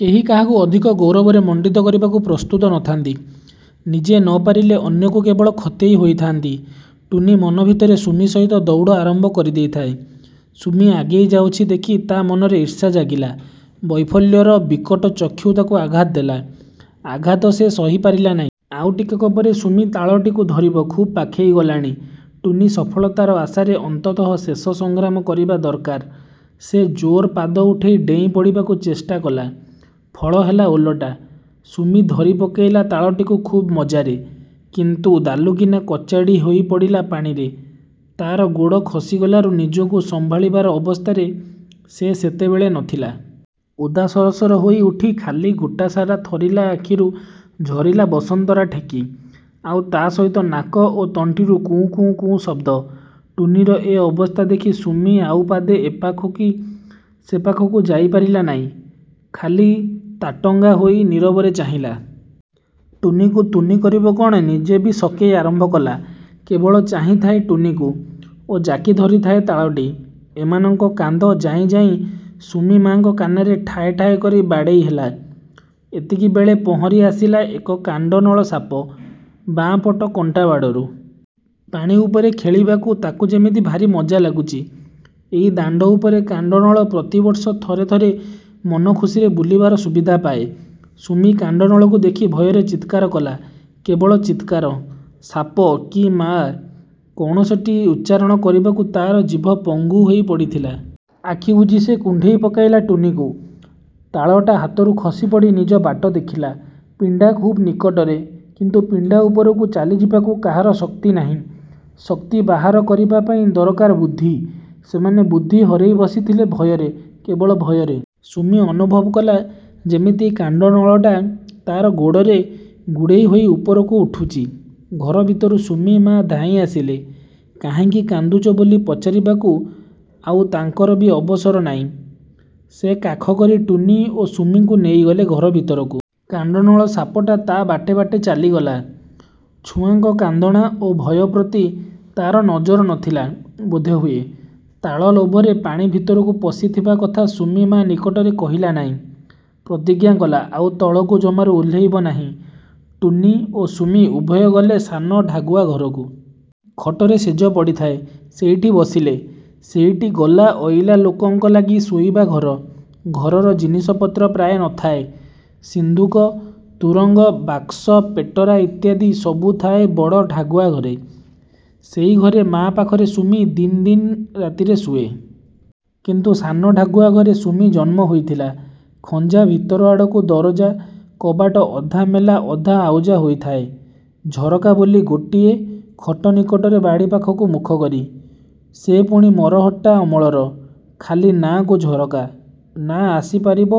କେହି କାହାକୁ ଅଧିକ ଗୌରବରେ ମଣ୍ଡିତ କରିବାକୁ ପ୍ରସ୍ତୁତ ନଥାନ୍ତି। ନିଜେ ନ ପାରିଲେ,-ଅନ୍ୟକୁ କେବଳ ଖତେଇ ହୋଇଥାନ୍ତି। ଟୁନୀ ମନ ଭିତରେ ସୁମି ସହିତ ଦଉଡ଼ ଆରମ୍ଭ କରି ଦେଇଥାଏ। ସୁମି ଆଗେଇ ଯାଉଛି ଦେଖି ତା ମନରେ ଈର୍ଷା ଜାଗିଲା। ବୈଫଲ୍ୟର ବିକଟ ଚକ୍ଷୁ ତାକୁ ଆଘାତ ଦେଲା,-ଆଘାତ ସେ ସହିପାରିଲା ନାଇଁ। ଆଉ ଟିକକପରେ ସୁମି ତାଳଟିକୁ ଧରିବ ଖୁବ୍ ପାଖେଇ ଗଲାଣି-। ଟୁନୀ ସଫଳତାର ଆଶାରେ ଅନ୍ତତଃ ଶେଷ ସଂଗ୍ରାମ କରିବା ଦର୍କାର। ସେ ଜୋର୍ ପାଦ ଉଠେଇ ଡେଇଁ ପଡ଼ିବାକୁ ଚେଷ୍ଟାକଲା। ଫଳ ହେଲା ଓଲଟା। ସୁମି ଧରି ପକେଇଲା ତାଳଟିକୁ ଖୁବ୍ ମଜାରେ। କିନ୍ତୁ ଦାଲୁକିନି କଚାଡ଼ି ହୋଇ ପଡ଼ିଲା ପାଣିରେ, ତାର ଗୋଡ଼ ଖସିଗଲାରୁ ନିଜକୁ ସମ୍ଭାଳିବାର ଅବସ୍ଥାରେ ସେ ସେତେବେଳେ ନଥିଲା। ଓଦା ସର ସର ହୋଇ ଉଠି ଖାଲି ଗୋଟାସାରା ଥରିଲା ଆଖିରୁ ଝରିଲା ବସନ୍ତରା ଠେକି,-ଆଉ ତା ସହିତ ନାକ ଓ ତଣ୍ଟିରୁ କୁଁ-କୁଁ-କୁଁ ଶବ୍ଦ। ଟୁନୀର ଏ ଅବସ୍ଥା ଦେଖି ସୁମି ଆଉ ପାଦେ ଏପାଖ କି ସେ ପାଖକୁ ଯାଇପାରିଲା ନାଇଁ। ଖାଲି ତାଟଙ୍ଗା ହୋଇ ନୀରବରେ ଚାହିଁଲା। ଟୁନୀକୁ ତୁନି କରିବ କଣ ନିଜେ ବି ସକେଇ ଆରମ୍ଭ କଲା। କେବଳ ଚାହିଁଥାଏ ଟୁନୀକୁ ଓ ଜାକି ଧରିଥାଏ ତାଳଟି। ଏମାନଙ୍କ କାନ୍ଦ ଯାଇଁ ଯାଇଁ ସୁମି-ମାଙ୍କ କାନରେ ଠାଏ-ଠାଏ କରି ବାଡ଼େଇ ହେଲା। ଏତିକିବେଳେ ପହଁରି ଆସିଲା ଏକ କାଣ୍ଡ ନଳସାପ-ବାଁ ପଟ କଣ୍ଟାବାଡ଼ରୁ। ପାଣି ଉପରେ ଖେଳିବାକୁ ତାକୁ ଯେମିତି ଭାରି ମଜା ଲାଗୁଚି। ଏଇ ଦାଣ୍ଡ ଉପରେ କାଣ୍ଡନଳ ପ୍ରତିବର୍ଷ ଥରେ ଥରେ ମନ ଖୁସିରେ ବୁଲିବାର ସୁବିଧା ପାଏ। ସୁମି କାଣ୍ଡନଳକୁ ଦେଖି ଭୟରେ ଚିତ୍କାର କଲା। କେବଳ ଚିତ୍କାର। 'ସାପ'-କି-'ମା' କୌଣସିଟି ଉଚ୍ଚାରଣ କରିବାକୁ ତାର ଜିଭ ପଙ୍ଗୁ ହୋଇ ପଡ଼ିଥିଲା। ଆଖିବୁଜି ସେ କୁଣ୍ଢେଇ ପକେଇଲା ଟୁନୀକୁ। ତାଳଟା ହାତରୁ ଖସିପଡ଼ି ନିଜ ବାଟ ଦେଖିଲା। ପିଣ୍ଡା ଖୁବ୍ ନିକଟରେ। କିନ୍ତୁ ପିଣ୍ଡା ଉପରକୁ ଚାଲିଯିବାକୁ କାହାର ଶକ୍ତି ନାହିଁ। ଶକ୍ତି ବାହାର କରିବା ପାଇଁ ଦରକାର ବୁଦ୍ଧି। ସେମାନେ ବୁଦ୍ଧି ହରେଇ ବସିଥିଲେ ଭୟରେ, କେବଳ ଭୟରେ। ସୁମି ଅନୁଭବ କଲା ଯେମିତି କାଣ୍ଡନଳଟା ତାର ଗୋଡ଼ରେ ଗୁଡ଼େଇ ହୋଇ ଉପରକୁ ଉଠୁଚି। ଘର ଭିତରୁ ସୁମି ମା ଧାଇଁ ଆସିଲେ। କାହିଁକି କାନ୍ଦୁଚ ବୋଲି ପଚାରିବାକୁ ଆଉ ତାଙ୍କର ବି ଅବସର ନାଇଁ। ସେ କାଖ କରି ଟୁନୀ ଓ ସୁମିଙ୍କୁ ନେଇଗଲେ ଘର ଭିତରକୁ। କାଣ୍ଡନଳ ସାପଟା ତାର ବାଟେ ବାଟେ ଚାଲିଗଲା। ଛୁଆଙ୍କ କାନ୍ଦଣା ଓ ଭୟ ପ୍ରତି ତାର ନଜର ନଥିଲା ବୋଧହୁଏ। ତାଳ ଲୋଭରେ ପାଣି ଭିତରକୁ ପଶିଥିବା କଥା ସୁମି ମା ନିକଟରେ କହିଲା ନାଇଁ। ପ୍ରତିଜ୍ଞା କଲା-ଆଉ ତଳକୁ ଜମାରୁ ଓହ୍ଲେଇବ ନାହିଁ। ଟୁନୀ ଓ ସୁମି ଉଭୟେ ଗଲେ ସାନ ଢାଗୁଆ ଘରକୁ। ଖଟରେ ଶେଯ ପଡ଼ିଥାଏ-ସେଇଠି ବସିଲେ। ସେଇଟି ଗଲା ଅଇଲା ଲୋକଙ୍କ ଲାଗି ଶୋଇବା ଘର। ଘରର ଜିନିଷପତ୍ର ପ୍ରାୟ ନଥାଏ। ସିନ୍ଦୁକ, ତୁରଙ୍ଗ, ବାକ୍ସ, ପେଟରା ଇତ୍ୟାଦି ସବୁଥାଏ ବଡ଼ ଢାଗୁଆ ଘରେ। ସେଇ ଘରେ ମା' ପାଖରେ ସୁମି ଦିନ୍ ଦିନ୍ ରାତିରେ ଶୁଏ। କିନ୍ତୁ ସାନ ଢାଗୁଆ ଘରେ ସୁମି ଜନ୍ମ ହୋଇଥିଲା। ଖଞ୍ଜା ଭିତର ଆଡ଼କୁ ଦରଜା-କବାଟ ଅଧା ମେଲା ଅଧା ଆଉଜା ହୋଇଥାଏ। ଝରକା ବୋଲି ଗୋଟିଏ-ଖଟ ନିକଟରେ ବାଡ଼ି ପାଖକୁ ମୁଖକରି। ସେ ପୁଣି ମରହଟ୍ଟା ଅମଳର। ଖାଲି ନାଁ'କୁ ଝରକା। ନାଁ ଆସିପାରିବ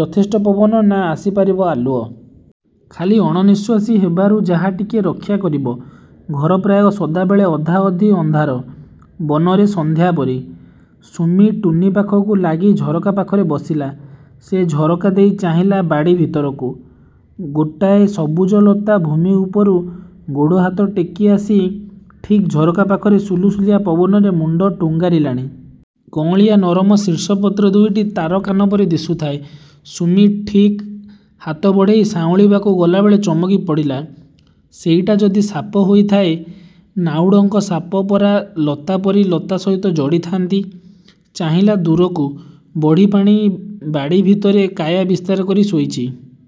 ଯଥେଷ୍ଟ ପବନ, ନାଁ ଆସିପାରିବ ଆଲୁଅ। ଖାଲି ଅଣନିଃଶ୍ୱାସୀ ହେବାରୁ ଯାହା ଟିକିଏ ରକ୍ଷା କରିବ। ଘର ପ୍ରାୟ ସଦାବେଳେ ଅଧାଅଧି ଅନ୍ଧାର, ବନରେ ସନ୍ଧ୍ୟା ପରି। ସୁମି ଟୁନୀ ପାଖକୁ ଲାଗି ଝରକା ପାଖରେ ବସିଲା। ସେ ଝରକା ଦେଇ ଚାହିଁଲା ବାଡ଼ି ଭିତରକୁ। ଗୋଟାଏ ସବୁଜଲତା ଭୂମି ଉପରୁ ଗୋଡ଼ହାତ ଟେକି ଆସି ଠିକ୍ ଝରକା ପାଖରେ ସୁଲୁସୁଲିଆ ପବନରେ ମୁଣ୍ଡ ଟୁଙ୍ଗାରିଲାଣି। କଅଁଳିଆ ନରମ ଶୀର୍ଷପତ୍ର ଦୁଇଟି ତାର କାନପରି ଦିଶୁଥାଏ। ସୁମି ଠିକ୍ ହାତ ବଢ଼େଇ ସାଉଁଳିବାକୁ ଗଲାବେଳେ ଚମକି ପଡ଼ିଲା। ସେଇଟା ଯଦି ସାପ ହୋଇଥାଏ-ନାଉଡ଼ଙ୍କ ସାପପରା ଲତାପରି ଲତା ସହିତ ଜଡ଼ିଥାନ୍ତି। ଚାହିଁଲା ଦୂରକୁ-ବଢ଼ିପାଣି ବାଡ଼ି ଭିତରେ କାୟା ବିସ୍ତାର କରି ଶୋଇଚି।